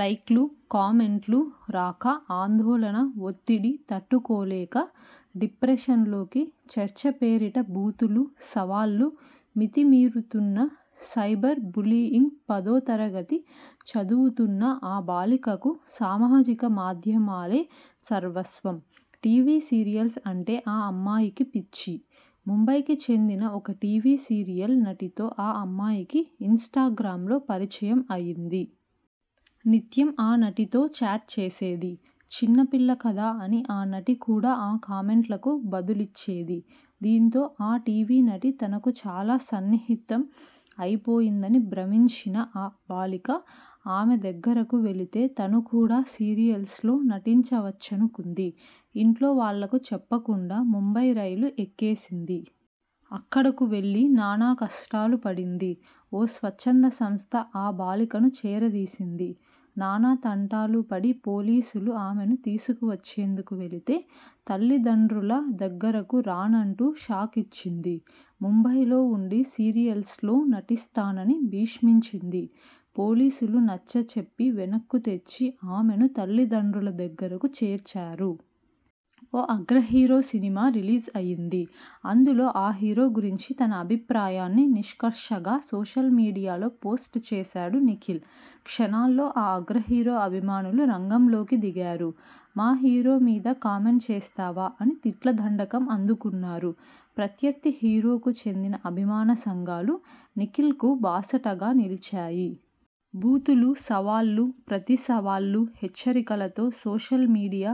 లైక్లు, కామెంట్లు రాక ఆందోళన ఒత్తిడి తట్టుకోలేక డిప్రెషన్లోకి చర్చ పేరిట బూతులు, సవాళ్లు మితి మీరుతున్న సైబర్ బుల్లీయింగ్పదోతరగతి చదువుతున్న ఆ బాలికకు సామాజిక మాధ్యమాలే సర్వస్వం. టీవీ సీరియల్స్ అంటే ఆ అమ్మాయికి పిచ్చి. ముంబైకి చెందిన ఒక టీవీ సీరియల్ నటితో ఆ అమ్మాయికి ఇన్స్టాగ్రామ్లో పరిచయం అయింది. నిత్యం ఆ నటితో చాట్ చేసేది. చిన్నపిల్ల కదా అని ఆ నటి కూడా ఆ కామెంట్లకు బదులిచ్చేది. దీంతో ఆ టీవీ నటి తనకు చాలా సన్నిహితం అయిపోయిందని భ్రమించిన బాలిక ఆమె దగ్గరకు వెళితే తను కూడా సీరియల్స్లో నటించ వచ్చనుకుంది. ఇంట్లో వాళ్లకు చెప్పకుండా ముంబై రైలు ఎక్కేసింది. అక్కడకు వెళ్లి నానా కష్టాలూ పడింది. ఓ స్వచ్ఛంద సంస్థ ఆ బాలికను చేరదీసింది. నానా తంటాలు పడి పోలీసులు ఆమెను తీసుకు వచ్చేందుకు వెళితే తల్లిదండ్రుల దగ్గరకు రానంటూ షాకిచ్చింది. ముంబైలో వుండి సీరియల్స్లో నటిస్తానని భీష్మించింది. పోలీసులు నచ్చ చెప్పి వెనక్కు తెచ్చి ఆమెను తల్లిదండ్రుల దగ్గరకు చేర్చారు. ఓ అగ్రహీరో సినిమా రిలీజ్ అయింది. అందులో ఆ హీరో గురించి తన అభిప్రాయాన్ని నిష్కర్షగా సోషల్ మీడియాలో పోస్ట్ చేశాడు నిఖిల్. క్షణాల్లో ఆ అగ్రహీరో అభిమానులు రంగంలోకి దిగారు. మా హీరో మీద కామెంట్ చేస్తావా అని తిట్ల దండకం అందుకున్నారు. ప్రత్యర్థి హీరోకు చెందిన అభిమాన సంఘాలు నిఖిల్కు బాసటగా నిలిచాయి. బూతులు, సవాళ్లు, ప్రతిసవాళ్లు, హెచ్చరికలతో సోషల్మీడియా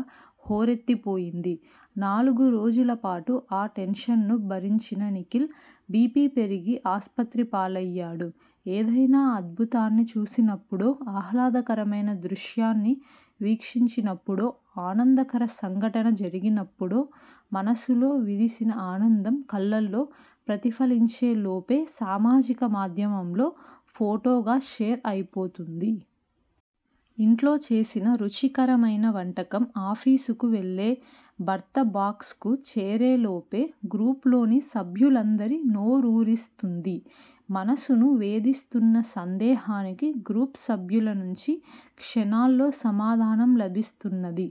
హోరెత్తిపోయింది. నాలుగు రోజుల పాటు ఆ టెన్షన్ను భరించిన నిఖిల్ బీపీ పెరిగి ఆస్పత్రి పాలయ్యాడు. ఏదైనా అద్భుతాన్ని చూసినప్పుడో ఆహ్లాదకరమైన దృశ్యాన్ని వీక్షించినప్పుడో ఆనందకర సంఘటన జరిగినప్పుడో మనసులో విరిసిన ఆనందం కళ్లలో ప్రతిఫలించే లోపే సామాజిక మాధ్యమంలో ఫోటోగా షేర్ అయిపోతుంది. ఇంట్లో చేసిన రుచికరమైన వంటకం ఆఫీసుకు వెళ్లే భర్త బాక్స్కు చేరేలోపే గ్రూప్లోని సభ్యులందరి నోరూరిస్తుంది. మనసును వేధిస్తున్న సందేహానికి గ్రూప్ సభ్యుల నుంచి క్షణాల్లో సమాధానం లభిస్తున్నది.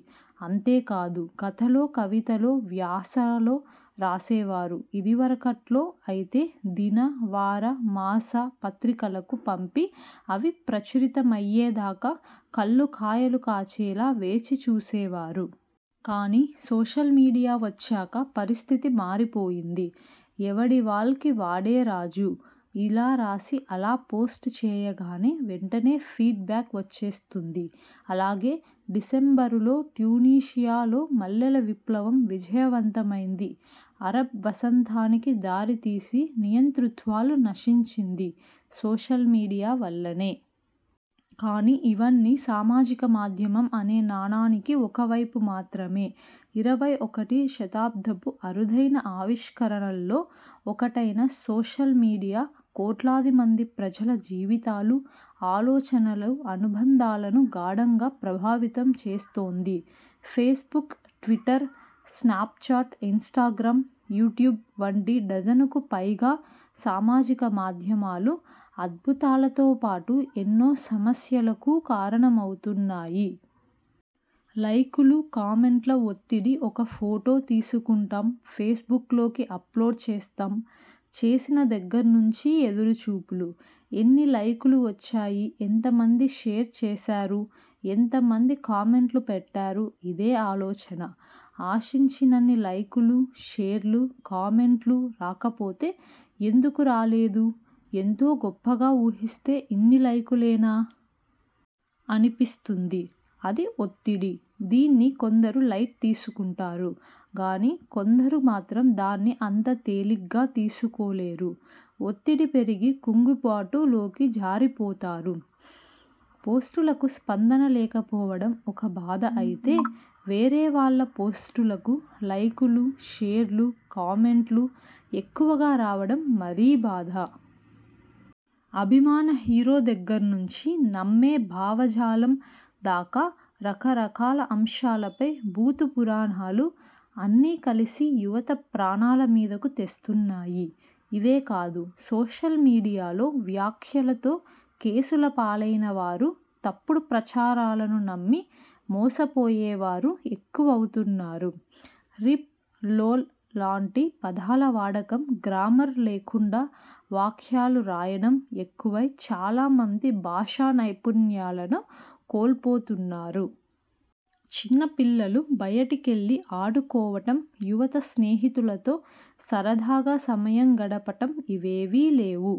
అంతేకాదు కథలో కవితలో వ్యాసాలో రాసేవారు ఇదివరకట్లో అయితే దిన, వార, మాస పత్రికలకు పంపి అవి ప్రచురితమయ్యేదాకా కళ్లు కాయలు కాచేలా వేచి చూసేవారు. కానీ సోషల్ మీడియా వచ్చాక పరిస్థితి మారిపోయింది. 'ఎవడి వాల్కి వాడే రాజు. ' ఇలా రాసి అలా పోస్ట్ చేయగానే వెంటనే ఫీడ్ బ్యాక్ వచ్చేస్తుంది. అలాగే డిసెంబరులో ట్యునీషియాలో మల్లెల విప్లవం విజయవంతమైంది అరబ్ వసంతానికి దారి తీసి నియంతృత్వాలు నశించింది సోషల్ మీడియా వల్లనే! కానీ ఇవన్నీ సామాజిక మాధ్యమం అనే నాణానికి ఒక వైపు మాత్రమే! ఇరవై ఒకటి శతాబ్దపు అరుదైన ఆవిష్కరణల్లో ఒకటైనసోషల్ మీడియా కోట్లాది మంది ప్రజల జీవితాలు, ఆలోచనలు, అనుబంధాలను గాఢంగా ప్రభావితం చేస్తోంది. Facebook, Twitter, Snapchat, Instagram, YouTube వంటి డజనుకు పైగా సామాజిక మాధ్యమాలు అద్భుతాలతోపాటు ఎన్నో సమస్యలకూ కారణమవుతున్నాయి. లైకులు కామెంట్ల ఒత్తిడి ఒక ఫొటో తీసుకుంటాం ఫేస్బుక్లోకి అప్లోడ్ చేస్తాం. చేసిన దగ్గర్నుంచీ ఎదురుచూపులు! ఎన్ని లైకులు వచ్చాయి ఎంత మంది షేర్ చేశారు ఎంత మంది కామెంట్లు పెట్టారు ఇదే ఆలోచన! ఆశించినన్ని లైకులు, షేర్లు, కామెంట్లు రాకపోతే ఎందుకు రాలేదు? ఎంతో గొప్పగా ఊహిస్తే ఇన్నిలైకులేనా? అనిపిస్తుంది. అది ఒత్తిడి. దీన్ని కొందరు లైట్ తీసుకుంటారు గానీ కొందరు మాత్రం దాన్ని అంత తేలిగ్గా తీసుకోలేరు. ఒత్తిడి పెరిగి కుంగుబాటు లోకి జారిపోతారు. పోస్టులకు స్పందన లేకపోవడం ఒక బాధ అయితే వేరేవాళ్ల పోస్టులకు లైకులు, షేర్లు, కామెంట్లు ఎక్కువగా రావడం మరీ బాధ! అభిమాన హీరో దగ్గర్నుంచీ నమ్మే భావజాలం దాకా రకరకాల అంశాలపై బూతు పురాణాలు, అన్నీ కలిసి యువత ప్రాణాల మీదకు తెస్తున్నాయి. ఇవే కాదు.. సోషల్ మీడియాలో వ్యాఖ్యలతో కేసులపాలైనవారు.. తప్పుడు ప్రచారాలను నమ్మి మోసపోయేవారు ఎక్కువవుతున్నారు. రిప్, లోల్ లాంటి పదాల వాడకం గ్రామర్ లేకుండా వాక్యాలు రాయడం ఎక్కువై చాలా మంది భాషా నైపుణ్యాలను కోల్పోతున్నారు. చిన్నపిల్లలు బయటికెళ్లి ఆడుకోవడం యువత స్నేహితులతో సరదాగా సమయం గడపడం ఇవేవీ లేవు.